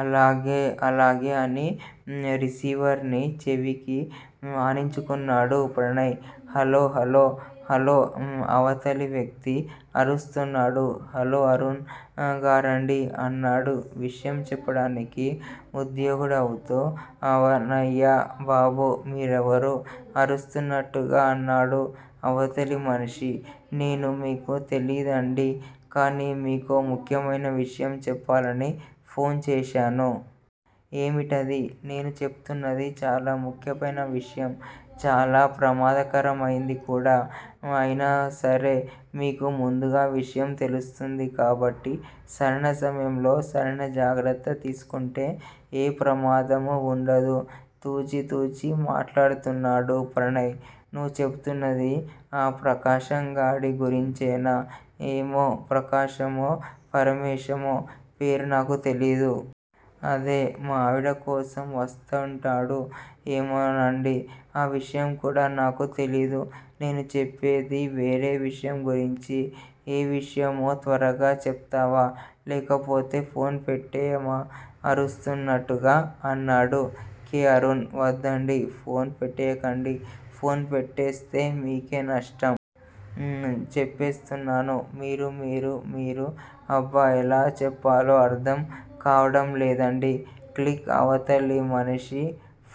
అలాగే అలాగే అని రిసీవర్ ని చెవికి ఆనించుకున్నాడు ప్రణయ్. హలో హలో హలో అవతలి వ్యక్తి అరుస్తున్నాడు. హలో అరుణ్ గారాండీ అన్నాడు విషయం చెప్పడానికి ఉద్యుక్తుడవుతూ. అవునయ్యా బాబూ! మీరెవరు? అరుస్తున్నట్టుగా అన్నాడు అవతలి మనిషి. నేను మీకు తెలీదండీ! కానీ మీకో ముఖ్యమైన విషయం చెప్పాలని ఫోన్ చేశాను. ఏమిటది? నేను చెప్తున్నది చాలా ముఖ్యమైన విషయం! చాలా ప్రమాదకరమైంది కూడా. అయినాసరే మీకు ముందుగా విషయం తెలుస్తుంది కాబట్టి సరైన సమయంలో సరైన జాగ్రత్త తీసుకుంటే ఏ ప్రమాదమూ వుండదు తూచి తూచి మాట్లాడుతున్నాడు ప్రణయ్. నువ్వు చెప్తున్నది ఆ ప్రకాశంగాడి గురించేనా? ఏమో ప్రకాశమో, పరమేశమో పేరు నాకు తెలీయదు. అదే! మా ఆవిడకోసం వస్తుంటాడూ? ఏమోనండీ! ఆ విషయం కూడా నాకు తెలీయదు. నేను చెప్పేది వేరే విషయం గురించి. ఏ విషయమో త్వరగా చెప్తావా, లేకపోతే ఫోన్ పెట్టెయ్యనా? అరుస్తున్నట్టుగా అన్నాడు కె. అరుణ్. వద్దండి! ఫోన్ పెట్టెయ్యకండి. ఫోన్ పెట్టేస్తే మీకే నష్టం. చెప్పేస్తున్నాను మీరు మీరు మీరు అబ్బ ఎలా చెప్పాలో అర్ధం కావడంలేదండీ. క్లిక్ అవతలి మనిషి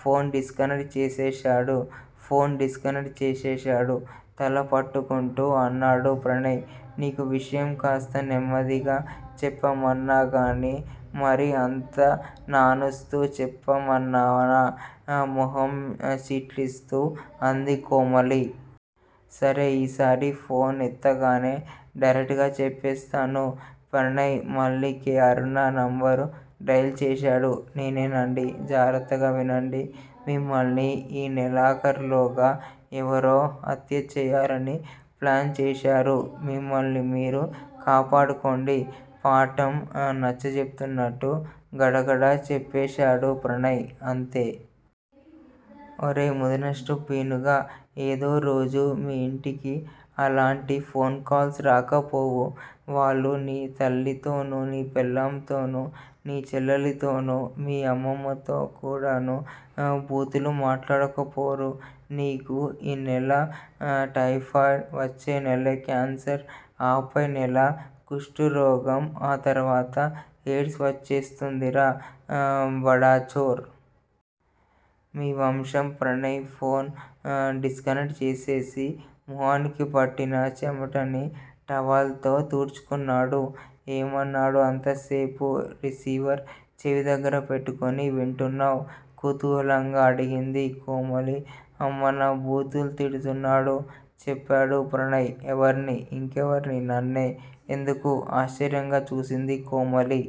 ఫోన్ డిస్కనెక్ట్ చేసేశాడు ఫోన్ డిస్కనెక్ట్ చేసేశాడు తల పట్టుకుంటూ అన్నాడు ప్రణయ్. నీకు విషయం కాస్త నెమ్మదిగా చెప్పమన్నాగానీ మరీ అంత నానుస్తూ చెప్పమన్నానా? మొహం చిట్లిస్తూ అంది కోమలి. సరే! ఈసారి ఫోన్ ఎత్తగానే డైరెక్ట్ గా చెప్పేస్తాను. ప్రణయ్ మళ్ళీ కె. అరుణ నెంబరు డయల్ చేశాడు. నేనేనండీ! జాగ్రత్తగా వినండి. మిమ్మల్ని ఈ నెలాఖరులోగా ఎవరో హత్యచేయాలని ప్లాన్ చేశారు. మిమ్మల్ని మీరు కాపాడుకోండి! పాఠం నచ్చజెప్తున్నట్టు గడగడా చెప్పేశాడు ప్రణయ్. అంతే! ఒరేయ్ ముదనష్టం పీనుగా! ఏదో రోజు మీ ఇంటికీ అలాంటి ఫోన్ కాల్స్ రాకపోవు. వాళ్ళు నీ తల్లితోనూ, నీ పెళ్ళాంతోనూ, నీ చెల్లెలితోనూ, మీ అమ్మమ్మతో కూడానూ బూతులు మాట్లాడకపోరు. నీకు ఈ నెల టైఫాయిడ్, వచ్చేనెల కాన్సర్, ఆపై నెల కుష్టురోగం ఆ తర్వాత ఎయిడ్స్ వచ్చేస్తుందిరా బడా చోర్. మీ వంశం ప్రణయ్ ఫోన్ డిస్కనెక్ట్ చేసేసి మొహానికి పట్టిన చెమటని టవల్ తో తుడుచుకున్నాడు. ఏమన్నాడు అంతసేపు రిసీవర్ చెవిదగ్గర పెట్టుకుని వింటున్నావ్? కుతూహలంగా అడిగింది కోమలి. అమ్మనా బూతులు తిడ్తున్నాడు చెప్పాడు ప్రణయ్. ఎవర్ని? ఇంకెవర్ని నన్నే. ఎందుకూ? ఆశ్చర్యంగా చూసింది కోమలి.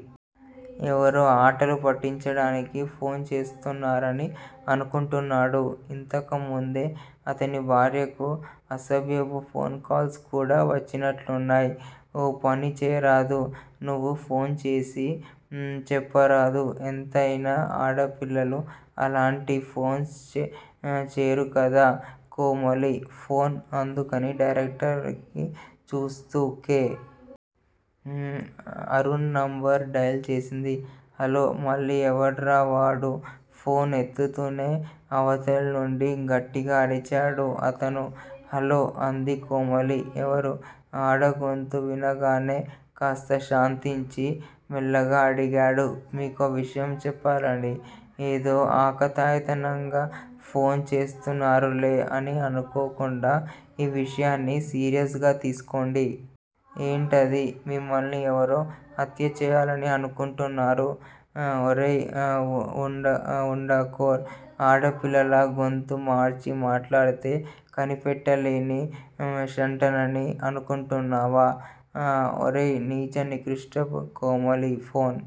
ఎవరో ఆటలు పట్టించడానికి ఫోన్ చేస్తున్నారు అని అనుకుంటున్నాడు. ఇంతకుముందే అతని భార్యకి అసభ్యపు ఫోన్ కాల్స్ కూడా వచ్చినట్టున్నాయి. ఓ పని చెయ్యరాదూ? నువ్వు ఫోన్ చేసి చెప్పరాదూ? ఎంతైనా ఆడపిల్లలు అలాంటి ఫోన్స్ చెయ్యరుకదా? కోమలి ఫోన్ అందుకుని డైరెక్టరీలోకి చూస్తూ కె. అరుణ్ నెంబర్ డయల్ చేసింది. హలో! మళ్ళీ ఎవడ్రావాడూ? ఫోన్ ఎత్తుతూనే అవతలినుండి గట్టిగా అరిచాడు అతను. హలో! అంది కోమలి. ఎవరూ? ఆడగొంతు వినగానే కాస్త శాంతించి మెల్లగా అడిగాడు. మీకో విషయం చెప్పాలండీ! ఏదో ఆకతాయితనంగా ఫోన్ చేస్తున్నారులే అని అనుకోకుండా ఈ విషయాన్ని సీరియస్ గా తీస్కోండి. ఏంటది? మిమ్మల్ని ఎవరో హత్యచెయ్యాలని అనుకుంటున్నారు. ఒరేయ్ వుండాకోర్! ఆడపిల్లలా గొంతు మార్చి మాట్లాడితే కనిపెట్టలేని శుంఠనని అనుకుంటున్నావా? ఒరే నీచ నికృష్ట కోమలి ఫోన్